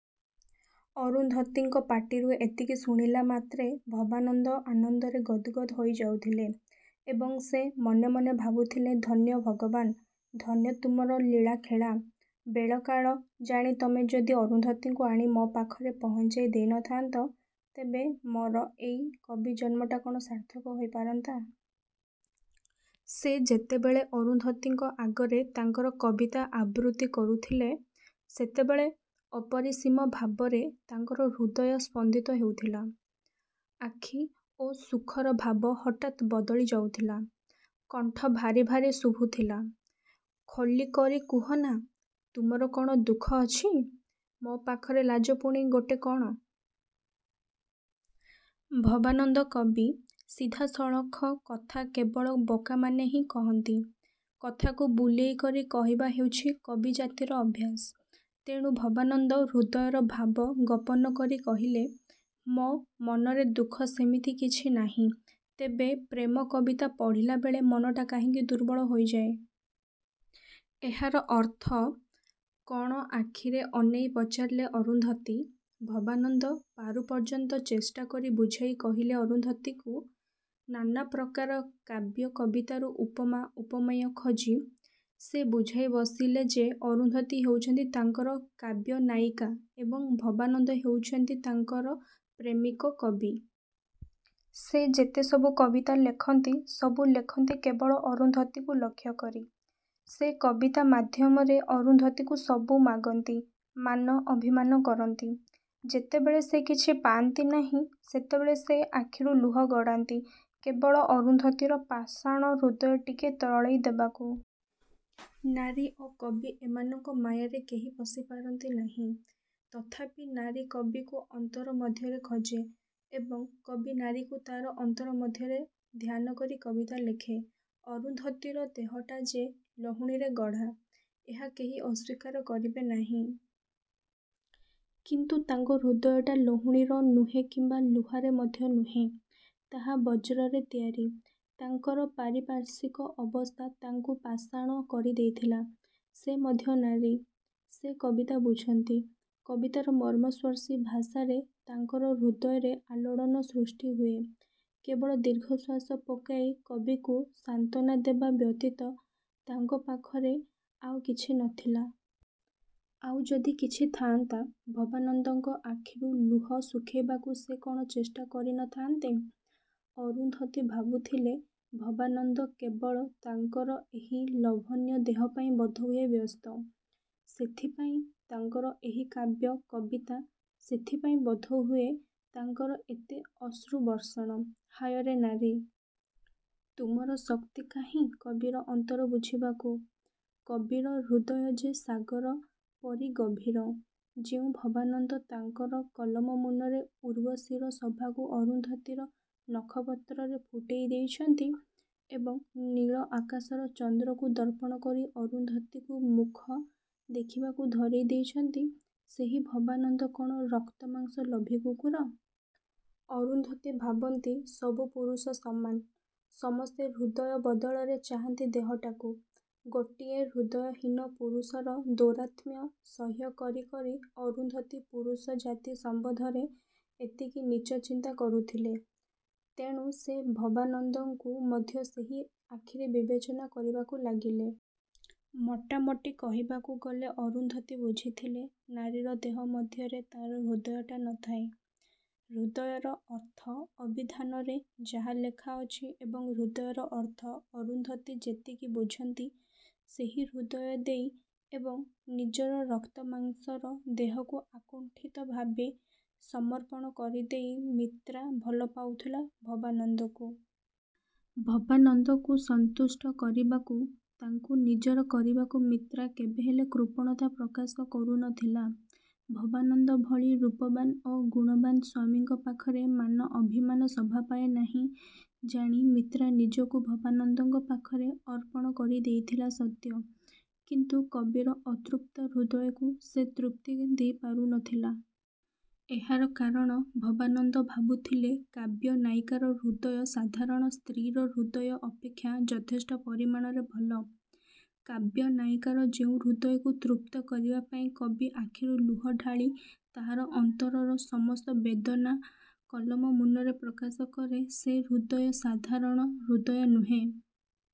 '' ଅରୁନ୍ଧୁତୀଙ୍କ ପାଟିରୁ ଏତିକି ଶୁଣିଲା ମାତ୍ରେ ଭବାନନ୍ଦ ଆନନ୍ଦରେ ଗଦ୍ ଗଦ୍ ହୋଇଯାଉଥିଲେ ଏବଂ ସେ ମନେମନେ ଭାବୁଥିଲେ ଧନ୍ୟ ଭଗବାନ! ଧନ୍ୟ ତୁମର ଲୀଳାଖେଳା-। ବେଳକାଳ ଜାଣି ତମେ ଯଦି ଅରୁନ୍ଧୁତୀକୁ ଆଣି ମୋ ପାଖରେ ପହଞ୍ଚାଇ ଦେଇନଥାନ୍ତ, ତେବେ ମୋର ଏଇ କବି ଜନ୍ମଟା କ'ଣ ସାର୍ଥକ ହୋଇପାରନ୍ତା? ସେ ଯେତେବେଳେ ଅରୁନ୍ଧୁତୀଙ୍କ ଆଗରେ ତାଙ୍କର କବିତା ଆବୃତ୍ତି କରୁଥିଲେ, ସେତେବେଳେ ଅପରିସୀମ ଭାବରେ ତାଙ୍କର ହୃଦୟ ସ୍ପନ୍ଦିତ ହେଉଥିଲା। ଆଖି ଓ ସୁଖର ଭାବ ହଠାତ୍ ବଦଳି ଯାଉଥିଲା। କଣ୍ଠ ଭାରି ଭାରି ଶୁଭୁଥିଲା। ଖୋଲିକରି କୁହନା, ତୁମର କ'ଣ ଦୁଃଖ ଅଛି? ମୋ ପାଖରେ ଲାଜ ପୁଣି ଗୋଟେ କ'ଣ? '' ଭବାନନ୍ଦ କବି। ସିଧାସଳଖ କଥା କେବଳ ବୋକାମାନେ ହିଁ କହନ୍ତି। କଥାକୁ ବୁଲେଇକରି କହିବା ହେଉଛି କବିଜାତିର ଅଭ୍ୟାସ। ତେଣୁ ଭବାନନ୍ଦ ହୃଦୟର ଭାବ ଗୋପନକରି କହିଲେ, ''ମୋ ମନରେ ଦୁଃଖ ସେମିତି କିଛି ନାହିଁ। ତେବେ ପ୍ରେମ କବିତା ପଢ଼ିଲା ବେଳେ ମନଟା କାହିଁକି ଦୁର୍ବଳ ହୋଇଯାଏ। '' ''ଏହାର ଅର୍ଥ? '' କୋଣ ଆଖିରେ ଅନାଇ ପଚାରିଲେ ଅରୁନ୍ଧୁତୀ। ଭବାନନ୍ଦ ପାରୁପର୍ଯ୍ୟନ୍ତ ଚେଷ୍ଟାକରି ବୁଝାଇ କହିଲେ ଅରୁନ୍ଧୁତୀକୁ। ନାନାପ୍ରକାର କାବ୍ୟ କବିତାରୁ ଉପମା, ଉପମେୟ ଖୋଜି। ସେ ବୁଝାଇ ବସିଲେ ଯେ ଅରୁନ୍ଧୁତୀ ହେଉଛନ୍ତି ତାଙ୍କର କାବ୍ୟନାୟିକା ଏବଂ ଭବାନନ୍ଦ ହେଉଛନ୍ତି ତାଙ୍କର ପ୍ରେମିକ କବି। ସେ ଯେତେସବୁ କବିତା ଲେଖନ୍ତି ସବୁ ଲେଖନ୍ତି କେବଳ ଅରୁନ୍ଧୁତୀକୁ ଲକ୍ଷ୍ୟକରି। ସେ କବିତା ମାଧ୍ୟମରେ ଅରୁନ୍ଧୁତୀକୁ ସବୁ ମାଗନ୍ତି। ମାନ, ଅଭିମାନ କରନ୍ତି। ଯେତେବେଳେ ସେ କିଛି ପାଆନ୍ତି ନାହିଁ, ସେତେବେଳେ ସେ ଆଖିରୁ ଲୁହ ଗଡ଼ାନ୍ତି, କେବଳ ଅରୁନ୍ଧୁତୀର ପାଷାଣ ହୃଦୟ ଟିକିଏ ତରଳାଇ ଦେବାକୁ। ନାରୀ ଓ କବି ଏମାନଙ୍କ ମାୟାରେ କେହି ପଶି ପାରନ୍ତି ନାହିଁ। ତଥାପି ନାରୀ କବିକୁ ଅନ୍ତର ମଧ୍ୟରେ ଖୋଜେ ଏବଂ କବି ନାରୀକୁ ତା'ର ଅନ୍ତର ମଧ୍ୟରେ ଧ୍ୟାନକରି କବିତା ଲେଖେ। ଅରୁନ୍ଧୁତୀର ଦେହଟା ଯେ ଲହୁଣୀରେ ଗଢ଼ା, ଏହା କେହି ଅସ୍ୱୀକାର କରିବେ ନାହିଁ। କିନ୍ତୁ ତାଙ୍କ ହୃଦୟଟା ଲହୁଣୀର ନୁହେଁ କିମ୍ବା ଲୁହାରେ ମଧ୍ୟ ନୁହେଁ। ତାହା ବଜ୍ରରେ ତିଆରି। ତାଙ୍କର ପାରିପାର୍ଶ୍ୱିକ ଅବସ୍ଥା ତାଙ୍କୁ ପାଷାଣ କରିଦେଇଥିଲା। ସେ ମଧ୍ୟ ନାରୀ। ସେ କବିତା ବୁଝନ୍ତି। କବିତାର ମର୍ମସ୍ପର୍ଶୀ ଭାଷାରେ ତାଙ୍କର ହୃଦୟରେ ଆଲୋଡ଼ନ ସୃଷ୍ଟିହୁଏ। କେବଳ ଦୀର୍ଘଶ୍ୱାସ ପକାଇ କବିକୁ ସାନ୍ତ୍ୱାନା ଦେବା ବ୍ୟତୀତ ତାଙ୍କ ପାଖରେ ଆଉ କିଛି ନ ଥିଲା। ଆଉ ଯଦି କିଛି ଥାଆନ୍ତା, ଭବାନନ୍ଦଙ୍କ ଆଖିରୁ ଲୁହ ଶୁଖାଇବାକୁ ସେ କ'ଣ ଚେଷ୍ଟା କରିନଥାନ୍ତେ? ଅରୁନ୍ଧୁତୀ ଭାବୁଥିଲେ ଭବାନନ୍ଦ କେବଳ ତାଙ୍କର ଏହି ଲୋଭନୀୟ ଦେହପାଇଁ ବୋଧହୁଏ ବ୍ୟସ୍ତ। ସେଥିପାଇଁ ତାଙ୍କର ଏହି କାବ୍ୟ, କବିତା। ସେଥିପାଇଁ ବୋଧହୁଏ ତାଙ୍କର ଏତେ ଅଶ୍ରୁବର୍ଷଣ। ହାୟରେ ନାରୀ! ତୁମର ଶକ୍ତି କାହିଁ କବିର ଅନ୍ତର ବୁଝିବାକୁ। କବିର ହୃଦୟ ଯେ ସାଗର ପରି ଗଭୀର। ଯେଉଁ ଭବାନନ୍ଦ ତାଙ୍କର କଲମ ମୂନରେ ଉର୍ବଶୀର ଶୋଭାକୁ ଅରୁନ୍ଧୁତୀର ନଖପତ୍ରରେ ଫୁଟାଇ ଦେଇଛନ୍ତି ଏବଂ ନୀଳ ଆକାଶର ଚନ୍ଦ୍ରକୁ ଦର୍ପଣ କରି ଅରୁନ୍ଧୁତୀକୁ ମୁଖ ଦେଖିବାକୁ ଧରାଇ ଦେଇଛନ୍ତି, ସେହି ଭବାନନ୍ଦ କ'ଣ ରକ୍ତମାଂସ ଲୋଭୀ କୁକୁର? ଅରୁନ୍ଧୁତୀ ଭାବନ୍ତି ସବୁ ପୁରୁଷ ସମାନ। ସମସ୍ତେ ହୃଦୟ ବଦଳରେ ଚାହାଁନ୍ତି ଦେହଟାକୁ-। ଗୋଟାଏ ହୃଦୟହୀନ ପୁରୁଷର ଦୌରାତ୍ମ୍ୟ ସହ୍ୟ କରି କରି ଅରୁନ୍ଧୁତୀ ପୁରୁଷଜାତି ସମ୍ବନ୍ଧରେ ଏତିକି ନୀଚ ଚିନ୍ତା କରୁଥିଲେ। ତେଣୁ ସେ ଭବାନନ୍ଦଙ୍କୁ ମଧ୍ୟ ସେହି ଆଖିରେ ବିବେଚନା କରିବାକୁ ଲାଗିଲେ। ମୋଟାମୋଟି କହିବାକୁ ଗଲେ ଅରୁନ୍ଧୁତୀ ବୁଝିଥିଲେ ନାରୀର ଦେହ ମଧ୍ୟରେ ତା'ର ହୃଦୟଟା ନଥାଏ। ହୃଦୟର ଅର୍ଥ ଅଭିଧାନରେ ଯାହା ଲେଖାଅଛି ଏବଂ ହୃଦୟର ଅର୍ଥ ଅରୁନ୍ଧୁତୀ ଯେତିକି ବୁଝନ୍ତି ସେହି ହୃଦୟଦେଇ ଏବଂ ନିଜର ରକ୍ତମାଂସର ଦେହକୁ ଆକୁଣ୍ଠିତଭାବେ ସମର୍ପଣ କରିଦେଇ ମିତ୍ରା ଭଲପାଉଥିଲା ଭବାନନ୍ଦକୁ। ଭବାନନ୍ଦକୁ ସନ୍ତୁଷ୍ଟ କରିବାକୁ, ତାଙ୍କୁ ନିଜର କରିବାକୁ ମିତ୍ରା କେବେହେଲେ କୃପଣତା ପ୍ରକାଶ କରୁନଥିଲା। ଭବାନନ୍ଦ ଭଳି ରୂପବାନ୍ ଓ ଗୁଣବାନ୍ ସ୍ୱାମୀଙ୍କ ପାଖରେ ମାନ ଅଭିମାନ ଶୋଭାପାଏ ନାହିଁ ଜାଣି ମିତ୍ରା ନିଜକୁ ଭବାନନ୍ଦଙ୍କ ପାଖରେ ଅର୍ପଣ କରିଦେଇଥିଲା ସତ୍ୟ; କିନ୍ତୁ କବିର ଅତୃପ୍ତ ହୃଦୟକୁ ସେ ତୃପ୍ତି ଦେଇପାରୁ ନଥିଲା। ଏହାର କାରଣ, ଭବାନନ୍ଦ ଭାବୁଥିଲେ କାବ୍ୟ ନାୟିକାର ହୃଦୟ ସାଧାରଣ ସ୍ତ୍ରୀର ହୃଦୟ ଅପେକ୍ଷା ଯଥେଷ୍ଟ ପରିମାଣରେ ଭଲ। କାବ୍ୟ ନାୟିକାର ଯେଉଁ ହୃଦୟକୁ ତୃପ୍ତ କରିବା ପାଇଁ କବି ଆଖିରୁ ଲୁହ ଢାଳି ତାହାର ଅନ୍ତରର ସମସ୍ତ ବେଦନା କଲମ ମୁନରେ ପ୍ରକାଶ କରେ ସେ ହୃଦୟ ସାଧାରଣ ହୃଦୟ ନୁହେଁ।